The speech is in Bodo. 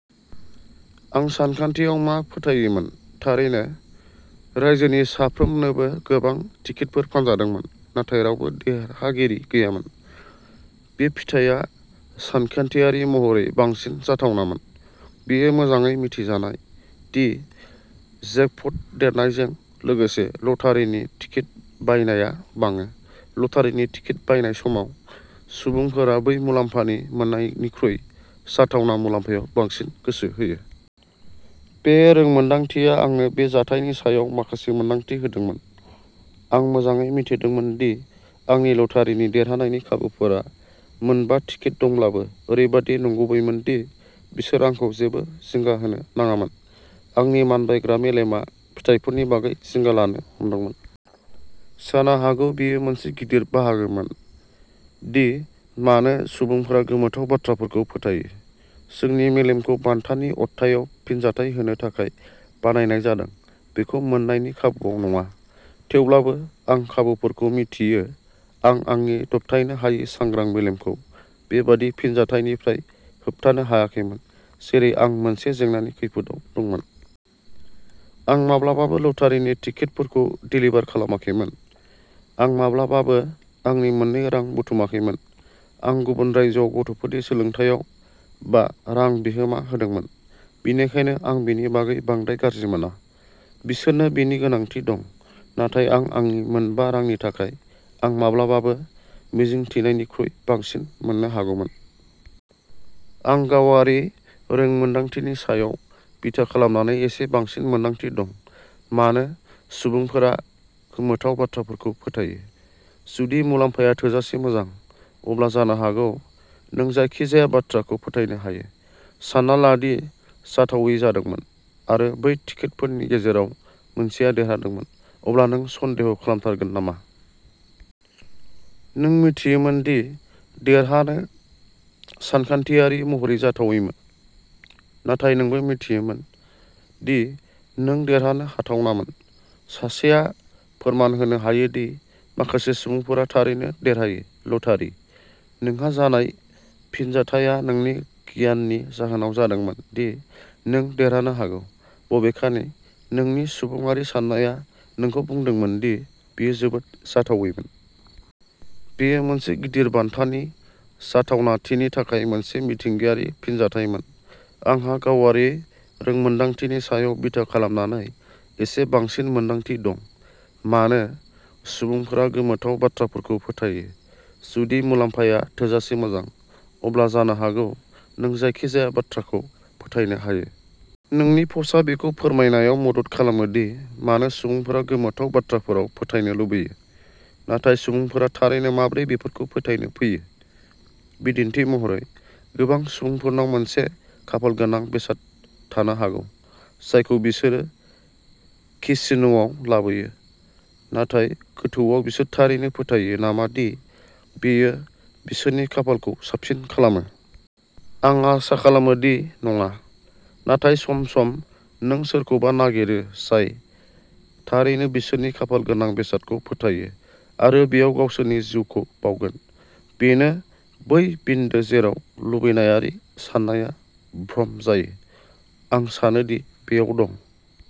आं सानखान्थियाव मा फोथायोमोन? थारैनो, रायजोनि साफ्रोमनोबो गोबां टिकेटफोर फानजादोंमोन, नाथाय रावबो देरहागिरि गैयामोन। बे फिथाया सानखान्थियारि महरै बांसिन जाथावनामोन। बेयो मोजाङै मिथिजानाय दि जेकप'ट देरनायजों लोगोसे ल'टारिनि टिकेट बायनाया बाङो। ल'टारिनि टिकेट बायनाय समाव, सुबुंफोरा बै मुलाम्फानि मोन्नायनिख्रुइ जाथावना मुलाम्फायाव बांसिन गोसो होयो। बे रोंमोनदांथिया आंनो बे जाथायनि सायाव माखासे मोनदांथि होदोंमोन। आं मोजाङै मिथिदोंमोन दि आंनि ल'टारिनि देरहानायनि खाबुफोरा मोनबा टिकेट दंब्लाबो ओरैबायदि नंगुबैमोन दि बिसोर आंखौ जेबो जिंगा होनो नाङामोन, आंनि मानबायग्रा मेलेमआ फिथायफोरनि बागै जिंगा लानो हमदोंमोन। जानो हागौ बेयो मोनसे गिदिर बाहागोमोन दि मानो सुबुंफोरा गोमोथाव बाथ्राफोरखौ फोथायो। जोंनि मेलेमखौ बान्थानि अरथाइआव फिनजाथाय होनो थाखाय बानायनाय जादों, बेखौ मोननायनि खाबुवाव नङा। थेवब्लाबो आं खाबुफोरखौ मिथियो, आं आंनि दबथायनो हायै सांग्रां मेलेमखौ बेबादि फिनजाथायनिफ्राय होबथानो हायाखैमोन जेरै आं मोनसे जेंनानि खैफोदआव दंमोन। आं माब्लाबाबो लटारिनि टिकेटफोरखौ देलिभार खालामाखैमोन। आं माब्लाबाबो आंनि मोन्नै रां बुथुमाखैमोन। आं गुबुन रायजोआव गथ'फोरनि सोलोंथायाव बा रां बिहोमा होदोंमोन, बेनिखायनो आं बेनि बागै बांद्राय गाज्रि मोना। बिसोरनो बेनि गोनांथि दं। नाथाय आं आंनि मोनबा रांनि थाखाय आं माब्लाबाबो मिजिंथिनायनिख्रुइ बांसिन मोन्नो हागौमोन। आं गावारि रोंमोनदांथिनि सायाव बिथा खालामनानै एसे बांसिन मोनदांथि दं, मानो सुबुंफोरा गोमोथाव बाथ्राफोरखौ फोथायो। जुदि मुलामफाया थोजासे मोजां, अब्ला जानो हागौ नों जायखिजाया बाथ्राखौ फोथायनो हायो। सानना ला दि जाथावै जादोंमोन आरो बै टिकेटफोरनि गेजेराव मोनसेया देरहादोंमोन, अब्ला नों सन्देह खालामथारगोन नामा? नों मिथियोमोन दि देरहानो सानखान्थियारि महरै जाथावैमोन नाथाय नोंबो मिथियोमोन दि नों देरहानो हाथावनामोन। सासेया फोरमान होनो हायोदि माखासे सुबुंफोरा थारैनो देरहायो। ल'टारी। नोंहा जानाय फिनजाथाया नोंनि गियाननि जाहोनाव जादोंमोन दि नों देरहानो हागौ, बबेखानि नोंनि सुबुङारि साननाया नोंखौ बुंदोंमोन दि बेयो जोबोद जाथावैमोन। बेयो मोनसे गिदिर बान्थानि जाथावनाथिनि थाखाय मोनसे मिथिंगायारि फिनजाथायमोन। आंहा गावारि रोंमोन्दांथिनि सायाव बिथा खालामनानै एसे बांसिन मोनदांथि दं, मानो सुबुंफोरा गोमोथाव बाथ्राफोरखौ फोथायो। जुदि मुलामफाया थोजासे मोजां, अब्ला जानो हागौ नों जायखिजाया बाथ्राखौ फोथायनो हायो। नोंनि पस्टआ बेखौ फोरमायनायाव मदद खालामो दि मानो सुबुंफोरा गोमोथाव बाथ्राफोराव फोथायनो लुबैयो, नाथाय सुबुंफोरा थारैनो माबोरै बेफोरखौ फोथायनो फैयो? बिदिन्थि महरै, गोबां सुबुंफोरनाव मोनसे "खाफालगोनां" बेसाद थानो हागौ जायखौ बिसोरो केसिनोआव लाबोयो, नाथाय गोथौआव बिसोर थारैनो फोथायो नामा दि बेयो बिसोरनि खाफालखौ साबसिन खालामो? आं आसा खालामो दि नङा। नाथाय सम-सम नों सोरखौबा नागिरो जाय थारैनो बिसोरनि खाफालगोनां बेसादखौ फोथायो आरो बेयाव गावसोरनि जिउखौ बावगोन। बेनो बै बिन्दो जेराव लुबैनायारि साननाया भ्रम जायो। आं सानो दि बेयाव दं।